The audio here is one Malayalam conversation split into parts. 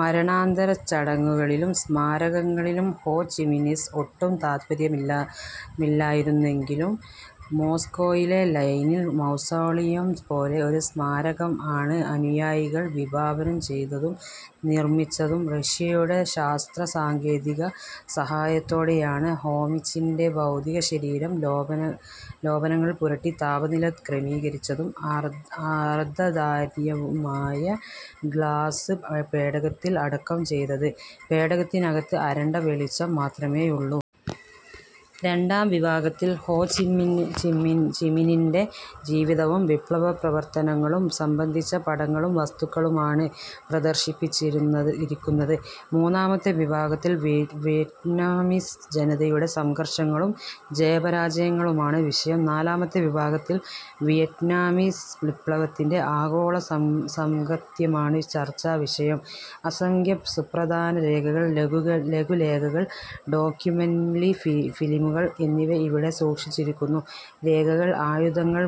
മരണാനന്തര ചടങ്ങുകളിലും സ്മാരകങ്ങളിലും ഹോ ചിമിന്നിന് ഒട്ടും താത്പര്യമില്ലായിരുന്നെങ്കിലും മോസ്കോയിലെ ലെനിൻ മൗസോളിയം പോലെ ഒരു സ്മാരകം ആണ് അനുയായികൾ വിഭാവനം ചെയ്തതും നിർമിച്ചതും. റഷ്യയുടെ ശാസ്ത്രസാങ്കേതിക സഹായത്തോടെയാണ് ഹോചിമിന്നിന്റെ ഭൗതികശരീരം ലേപനങ്ങൾ പുരട്ടി താപനില ക്രമീകരിച്ചതും അർധതാര്യവുമായ ഗ്ലാസ് പേടകത്തിൽ അടക്കം ചെയ്തത്. പേടകത്തിനകത്ത് അരണ്ട വെളിച്ചം മാത്രമേയുള്ളു. രണ്ടാം വിഭാഗത്തിൽ ഹോ ചിമിനിന്റെ ജിവിതവും വിപ്ലവപ്രവർത്തനങ്ങളും സംബന്ധിച്ച പടങ്ങളും വസ്തുക്കളുമാണ് പ്രദർശിപ്പിച്ചിരിക്കുന്നത്. മൂന്നാമത്തെ വിഭാഗത്തിൽ വിയറ്റ്നാമിസ് ജനതയുടെ സംഘർഷങ്ങളും ജയപരാജയങ്ങളുമാണ് വിഷയം. നാലാമത്തെ വിഭാഗത്തിൽ വിയറ്റ്നാമീസ് വിപ്ലവത്തിന്റെ ആഗോളസാംഗത്യമാണ് ചർച്ചാവിഷയം. അസംഖ്യം സുപ്രധാന രേഖകൾ, ലഘുലേഖകൾ, ഡോക്യുമെന്ററി ഫിലിമുകൾ എന്നിവ ഇവിടെ സൂക്ഷിച്ചിരിക്കുന്നു. രേഖകൾ, ആയുധങ്ങൾ,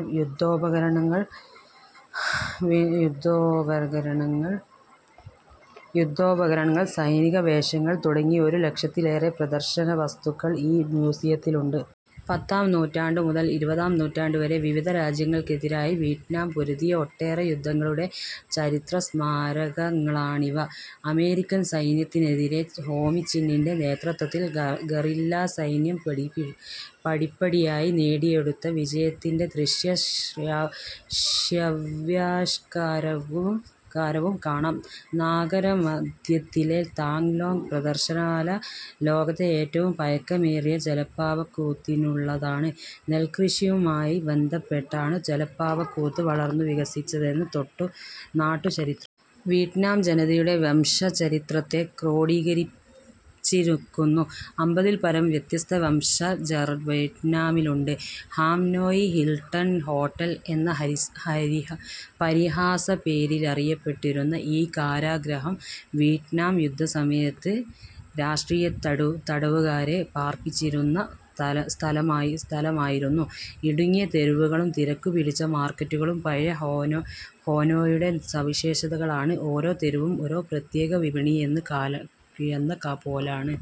യുദ്ധോപകരണങ്ങൾ, സൈനികവേഷങ്ങൾ തുടങ്ങി ഒരു ലക്ഷത്തിലേറെ പ്രദർശനവസ്തുക്കൾ ഈ മ്യൂസിയത്തിലുണ്ട്. പത്താം നൂറ്റാണ്ടു മുതൽ ഇരുപതാം നൂറ്റാണ്ടുവരെ വിവിധ രാജ്യങ്ങൾക്കെതിരായി വിയറ്റ്നാം പൊരുതിയ ഒട്ടേറെ യുദ്ധങ്ങളുടെ ചരിത്രസ്മാരകങ്ങളാണിവ. അമേരിക്കൻ സൈന്യത്തിനെതിരെ ഹോചിമിന്നിന്റെ നേതൃത്വത്തിൽ ഗറില്ലാസൈന്യം പടിപ്പടിയായി നേടിയെടുത്ത വിജയത്തിന്റെ ദൃശ്യ-ശ്രവ്യാവിഷ്കാരവും കാണാം. നഗരമധ്യത്തിലെ താങ് ലോങ് പ്രദർശനശാല ലോകത്തെ ഏറ്റവും പഴക്കമേറിയ ജലപ്പാവക്കൂത്തിനുള്ളതാണ്. നെൽകൃഷിയുമായി ബന്ധപ്പെട്ടാണ് ജലപ്പാവക്കൂത്ത് വളർന്നു വികസിച്ചതെന്ന് നാട്ടു ചരിത്രം. വിയറ്റ്നാം ജനതയുടെ വംശചരിത്രത്തെ ക്രോഡീകരിച്ചിരിക്കുന്നു. അമ്പതിൽപരം വ്യത്യസ്ത വംശജർ വിയറ്റ്നാമിലുണ്ട്. ഹാനോയ് ഹിൽട്ടൺ ഹോട്ടൽ എന്ന പരിഹാസപ്പേരിലറിയപ്പെട്ടിരുന്ന ഈ കാരാഗ്രഹം വിയറ്റ്നാം യുദ്ധസമയത്ത് രാഷ്ട്രീയത്തടവുകാരെ പാർപ്പിച്ചിരുന്ന സ്ഥലമായിരുന്നു. ഇടുങ്ങിയ തെരുവുകളും തിരക്കുപിടിച്ച മാർക്കറ്റുകളും പഴയ ഹോനോയുടെ സവിശേഷതകളാണ്. ഓരോ തെരുവും ഒരു പ്രത്യേക വിപണിയെന്ന പോലാണ്.